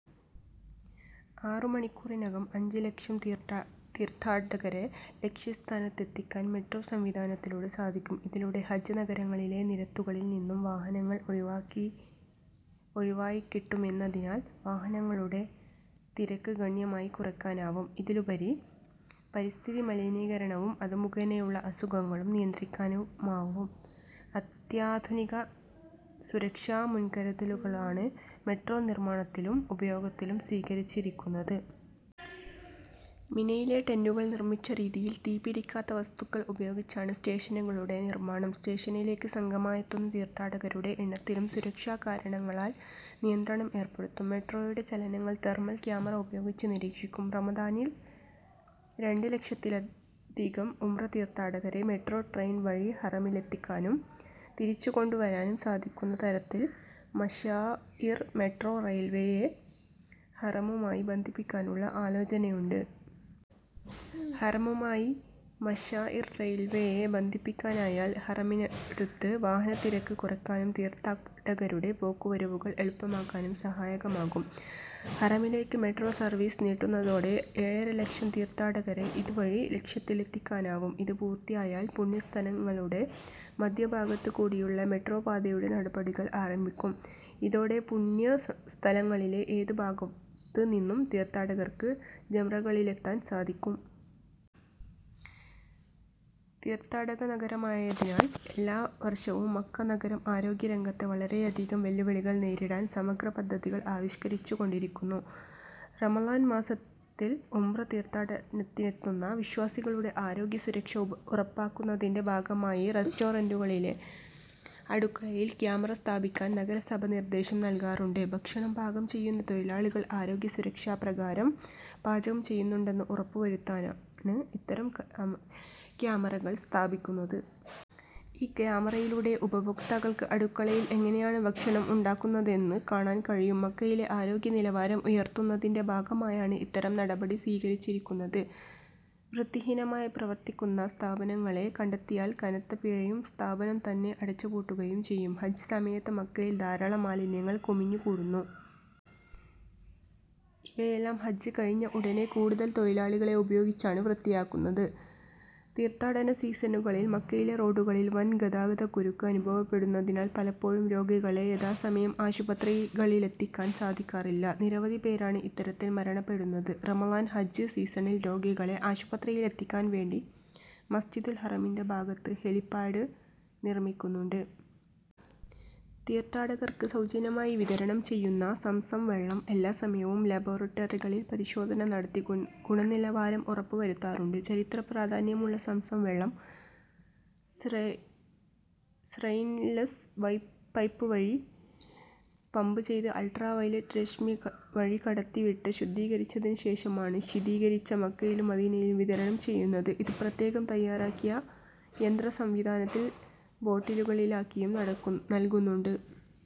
ആറ് മണിക്കൂറിനകം അഞ്ച് ലക്ഷം തീർത്ഥാടകരെ ലക്ഷ്യ സ്ഥാനത്തെത്തിക്കാൻ മെട്രോ സംവിധാനത്തിലൂടെ സാധിക്കും. ഇതിലൂടെ ഹജ്ജ് നഗരങ്ങളിലെ നിരത്തുകളിൽ നിന്ന് വാഹനങ്ങൾ ഒഴിവായിക്കിട്ടുമെന്നതിനാൽ വാഹനങ്ങളുടെ തിരക്ക് ഗണ്യമായി കുറക്കാനാവും. ഇതിലുപരി പരിസ്ഥിതി മലിനീകരണവും അത് മുഖേനയുള്ള അസുഖങ്ങളും നിയന്ത്രിക്കാനുമാവും. അത്യാധുനിക സുരക്ഷാ മുൻകരുതലുകളാണ് മെട്രോ നിർമ്മാണത്തിലും ഉപയോഗത്തിലും സ്വീകരിച്ചിരിക്കുന്നത്. മിനയിലെ ടെന്റുകൾ നിർമ്മിച്ച രീതിയിൽ തീ പിടിക്കാത്ത വസ്തുക്കൾ ഉപയോഗിച്ചാണ് സ്റ്റേഷനുകളുടെ നിർമ്മാണം. സ്റ്റേഷനിലേക്ക് സംഘമായെത്തുന്ന തീർത്ഥാടകരുടെ എണ്ണത്തിലും സുരക്ഷാ കാരണങ്ങളാൽ നിയന്ത്രണം ഏർപ്പെടുത്തും. മെട്രോയുടെ ചലനങ്ങൾ തെർമൽ ക്യാമറ ഉപയോഗിച്ച് നിരീക്ഷിക്കും. റമദാനിൽ രണ്ട് ലക്ഷത്തിലധികം ഉംറ തീർഥാടകരെ മെട്രോ ട്രെയിൻ വഴി ഹറമിലത്തിക്കാനും തിരിച്ചുകൊണ്ടുവരാനും സാധിക്കുന്ന തരത്തിൽ മശാഇർ മെട്രോ റെയിൽവേയെ ഹറമുമായി ബന്ധിപ്പിക്കാനുള്ള ആലോചനയുണ്ട്. ഹറമുമായി മശാഇർ റെയിൽവേയെ ബന്ധിപ്പിക്കാനായാൽ ഹറമിനടുത്ത് വാഹന തിരക്ക് കുറക്കാനും തീർഥാടകരുടെ പോക്കുവരവുകൾ എളുപ്പമാക്കാനും സഹായകമാകും. ഹറമിലേക്ക് മെട്രോ സർവീസ് നീട്ടുന്നതോടെ ഏഴര ലക്ഷം തീർഥാടകരെ ഇതു വഴി ലക്ഷ്യത്തിലെത്തിക്കാനാവും. ഇത് പൂർത്തിയായാൽ പുണ്യ സ്ഥലങ്ങളുടെ മധ്യ ഭാഗത്ത് കൂടിയുള്ള മെട്രോപാതയുടെ നടപടികൾ ആരംഭിക്കും. ഇതോടെ പുണ്യ സ്ഥലങ്ങളിലെ ഏത് ഭാഗത്ത് നിന്നും തീർഥാടകർക്ക് ജംറകളിലത്തൊൻ സാധിക്കും. തീർത്ഥാടക നഗരമായതിനാൽ എല്ലാ വർഷവും മക്ക നഗരം ആരോഗ്യ രംഗത്തെ വളരെയധികം വെല്ലുവിളികൾ നേരിടാൻ സമഗ്ര പദ്ധതികൾ ആവിഷ്കരിച്ചു കൊണ്ടിരിക്കുന്നു. റമദാൻ മാസത്തിൽ ഉംറ തീർത്ഥാടനത്തിനെത്തുന്ന വിശ്വാസികളുടെ ആരോഗ്യ സുരക്ഷ ഉറപ്പാക്കുന്നതിന്റെ ഭാഗമായി റസ്റോറന്റുകളിലെ അടുക്കളയിൽ കാമറ സ്ഥാപിക്കാൻ നഗരസഭ നിർദ്ദേശം നൽകാറുണ്ട്. ഭക്ഷണം പാകം ചെയ്യുന്ന തൊഴിലാളികൾ ആരോഗ്യ സുരക്ഷാ പ്രകാരം പാചകം ചെയ്യുന്നുണ്ടെന്ന് ഉറപ്പ് വരുത്താനാണ് ഇത്തരം കാമറകൾ സ്ഥാപിക്കുന്നത്. ഈ കാമറയിലൂടെ ഉപഭോക്താക്കൾക്ക് അടുക്കളയിൽ എങ്ങനെയാണ് ഭക്ഷണം ഉണ്ടാക്കുന്നതെന്ന് കാണാൻ കഴിയും. മക്കയിലെ ആരോഗ്യ നിലവാരം ഉയർത്തുന്നതിന്റെ ഭാഗമായാണ് ഇത്തരം നടപടി സ്വീകരിച്ചിരിക്കുന്നത്. വൃത്തിഹീനമായി പ്രവർത്തിക്കുന്ന സ്ഥാപനങ്ങളെ കണ്ടെത്തിയാൽ കനത്ത പിഴയും സ്ഥാപനം തന്നെ അടച്ച് പൂട്ടുകയും ചെയ്യും. ഹജ്ജ് സമയത്ത് മക്കയിൽ ധാരാളം മാലിന്യങ്ങൾ കുമിഞ്ഞു കൂടുന്നു. ഇവയെല്ലാം ഹജ്ജ് കഴിഞ്ഞ ഉടനെ കൂടുതൽ തൊഴിലാളികളെ ഉപയോഗിച്ചാണ് വൃത്തിയാക്കുന്നത്. തീർത്ഥാടന സീസണുകളിൽ മക്കയിലെ റോഡുകളിൽ വൻ ഗതാഗത കുരുക്ക് അനുഭവപ്പെടുന്നതിനാൽ പലപ്പോഴും രോഗികളെ യഥാസമയം ആശുപത്രികളിലെത്തിക്കാൻ സാധിക്കാറില്ല. നിരവധി പേരാണ് ഇത്തരത്തിൽ മരണപ്പെടുന്നത്. റമദാൻ, ഹജ്ജ് സീസണിൽ രോഗികളെ ആശുപത്രിയിലെത്തിക്കാൻ വേണ്ടി മസ്ജിദുൽ ഹറമിന്റെ ഭാഗത്ത് ഹെലിപാഡ് നിർമ്മിക്കുന്നുണ്ട്. തീർത്ഥാടകർക്ക് സൌജന്യമായി വിതരണം ചെയ്യുന്ന സംസം വെള്ളം എല്ലാ സമയവും ലാബോറട്ടറികളിൽ പരിശോധന നടത്തി ഗുണനിലവാരം ഉറപ്പ് വരുത്താറുണ്ട്. ചരിത്ര പ്രാധാന്യമുള്ള സംസം വെള്ളം സ്റെയിൻലസ് പൈപ്പ് വഴി പമ്പ് ചെയ്ത് അൾട്രാ വൈലറ്റ് രശ്മി വഴി കടത്തി വിട്ട് ശുദ്ധീകരിച്ചതിന് ശേഷമാണ് ശീതീകരിച്ച് മക്കയിലും മദീനയിലും വിതരണം ചെയ്യുന്നത്. ഇത് പ്രത്യേകം തയ്യാറാക്കിയ യന്ത്ര സംവിധാനത്തിൽ ബോട്ടിലുകളിലാക്കിയും നൽകുന്നുണ്ട്.